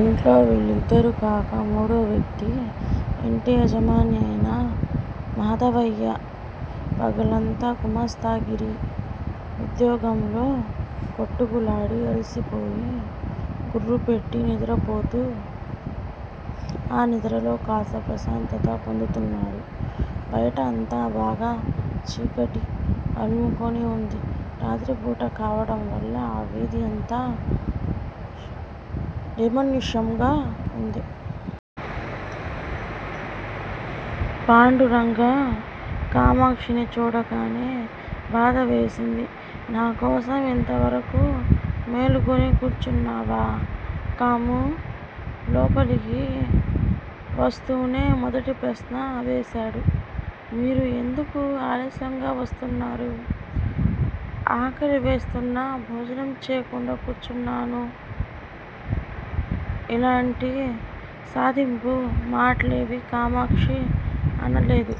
ఇంట్లో వీళ్ళిద్దరూ కాక, మూడో వ్యక్తి, ఇంటి యజమాని అయిన మాధవయ్య పగలంతా గుమాస్తాగిరీ వుద్యోగంలో కొట్టుకులాడి, అలసిపోయి గుర్రుపెట్టి నిద్రపోతూ ఆ నిద్రలో కాస్త ప్రశాంతత పొందుతున్నాడు. బయట అంతా బాగా చీకటి అలుముకొని వుంది. రాత్రిపూట కావడంవల్ల ఆ వీధి అంతా నిర్మానుష్యంగా వుంది. పాండురంగ కామాక్షిని చూడగానే బాధవేసింది. నా కోసం ఇంతవరకూ మేలుకుని కూర్చున్నావా కామూ! లోపలికి వస్తూనే మొదటి ప్రశ్న వేశాడు. మీరు ఎందుకు ఆలస్యంగా వస్తున్నారు? ఆకలి వేస్తున్నా భోజనం చెయ్యకుండా కూర్చున్నాను. ఇలాంటి సాధింపు మాటలేవీ కామాక్షి అనలేదు.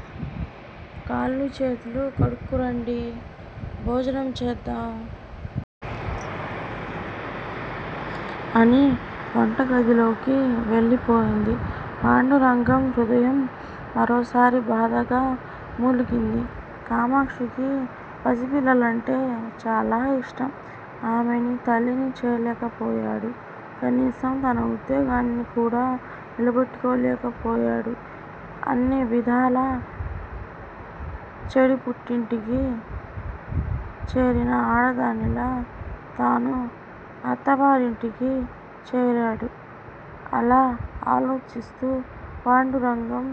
కాళ్ళూ చేతులూ కడుక్కురండి! భోజనం చేద్దాం! అని వంటగదిలోకి వెళ్ళిపోయింది. పాండురంగం హృదయం మరోసారి బాధగా మూలిగింది. కామాక్షికి పసిపిల్లలంటే చాలా యిష్టం. ఆమెని తల్లిని చేయలేకపోయాడు. కనీసం తన వుద్యోగాన్ని కూడా నిలబెట్టుకోలేకపోయాడు. అన్ని విధాలా చెడి పుట్టింటికి చేరిన ఆడదానిలా తను అత్తగారింటికి చేరాడు! అలా ఆలోచిస్తూ పాండురంగం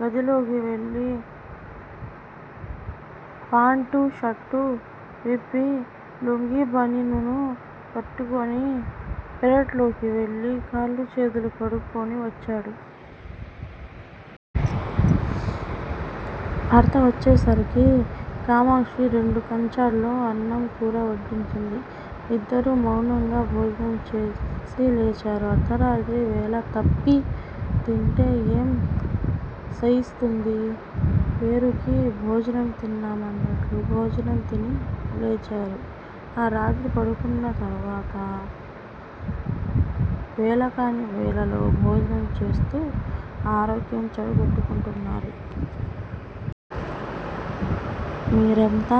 గదిలోకి వెళ్ళి పాంటూ, షర్టూ విప్పి, లుంగీ బనీను కట్టుకుని పెరట్లోకి వెళ్ళి కాళ్ళూ చేతులూ కడుక్కుని వచ్చాడు. భర్త వచ్చేసరికి కామాక్షి రెండు కంచాల్లో అన్నం కూరా వడ్డించింది. ఇద్దరూ మౌనంగా భోజనం చేసి లేచారు. అర్దరాత్రి, వేళతప్పీ తింటే ఏం సయిస్తుంది? పేరుకి భోజనం తిన్నాం అన్నట్లు భోజనం తిని లేచారు. ఆ రాత్రి పడుకున్న తరువాత. వేళకాని వేళలో భోజనం చేస్తూ ఆరోగ్యం చెడగొట్టుకుంటున్నారు! మీరెంత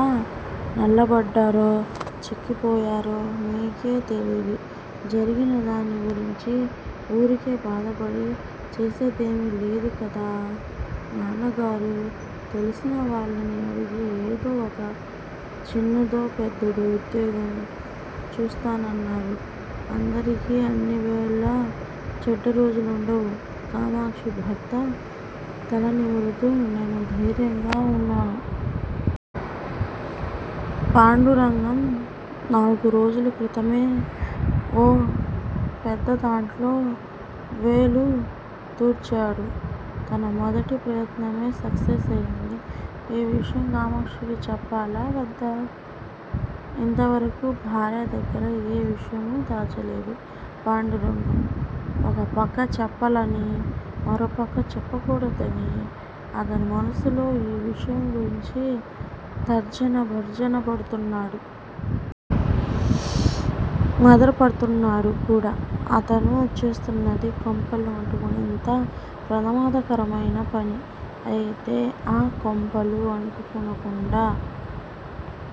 నల్లబడ్డారో, చిక్కిపోయారో మీకే తెలియదు. జరిగిన దాని గురించీ వూరికే బాధపడి చేసేదేమీ లేదు కదా! నాన్నగారు తెలిసిన వాళ్ళని అడిగి ఏదో ఒక చిన్నదో పెద్దదో వుద్యోగం చూస్తానన్నారు. అందరికీ అన్నివేళలా చెడ్డరోజులుండవు కామాక్షి భర్త తల నిమురుతూ, నేను ధైర్యంగా వున్నాను. పాండురంగం నాలుగురోజుల క్రితమే. ఓ పెద్దదాంట్లో వేలు దూర్చాడు. తన మొదటి ప్రయత్నమే సక్సెస్ అయ్యింది. ఈ విషయం కామాక్షికి చెప్పాలా వద్దా? ఇంతవరకూ భార్య దగ్గర ఏ విషయమూ దాచలేదు పాండురంగం. ఒకపక్క చెప్పాలని. మరోపక్క చెప్పకూడదని. అతను మనస్సులో ఈ విషయం గురించే తర్జన భర్జన పడుతున్నాడు. మధనపడుతున్నాడు కూడా. అతను చేస్తున్నదీ, కొంపలు అంటుకునేంత ప్రమాదకరమయిన పని. అయితే, ఆ కొంపలు అంటుకోకుండా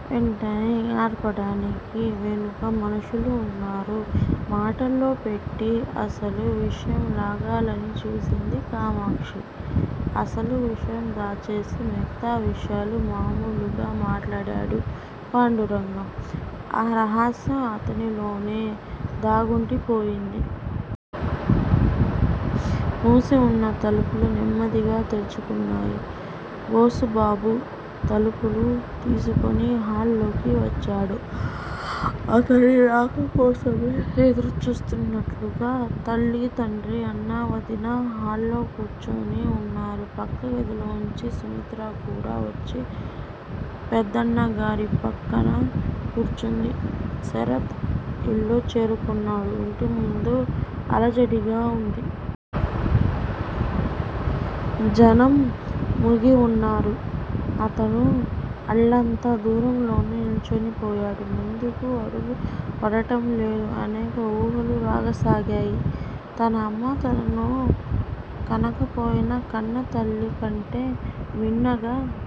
వెంటనే ఆర్పటానికి వెనుక మనుషులు వున్నారు. మాటల్లోపెట్టి అసలు విషయం లాగాలని చూసింది కామాక్షి. అసలు విషయం దాచేసి మిగతా విషయాలు మామూలుగా మాట్లాడాడు పాండురంగం. ఆ రహస్యం అతనిలోనే దాగుండిపోయింది. మూసివున్న తలుపులు నెమ్మదిగా తెరుచుకున్నాయి. బోసుబాబు తలుపులు తీసుకుని హాల్ లోకి వచ్చాడు. అతని రాకకోసమే ఎదురుచూస్తున్నట్లుగా తల్లి, తండ్రీ, అన్నా, వదిన హాల్ లో కూర్చుని వున్నారు. పక్కగదిలోంచి సుమిత్ర కూడా వచ్చి పెద్దన్నగారి పక్కన కూర్చుంది. శరత్ ఇల్లు చేరుకున్నాడు. ఇంటి ముందు అలజడిగా వుంది. జనం మూగివున్నారు. అతను అల్లంత దూరంలోనే నిల్చుని పోయాడు ముందుకు అడుగు పడటంలేదు. అనేక ఊహలు రాసాగాయి. తన అమ్మ తనను కనకపోయినా కన్నతల్లి కంటే మిన్నగా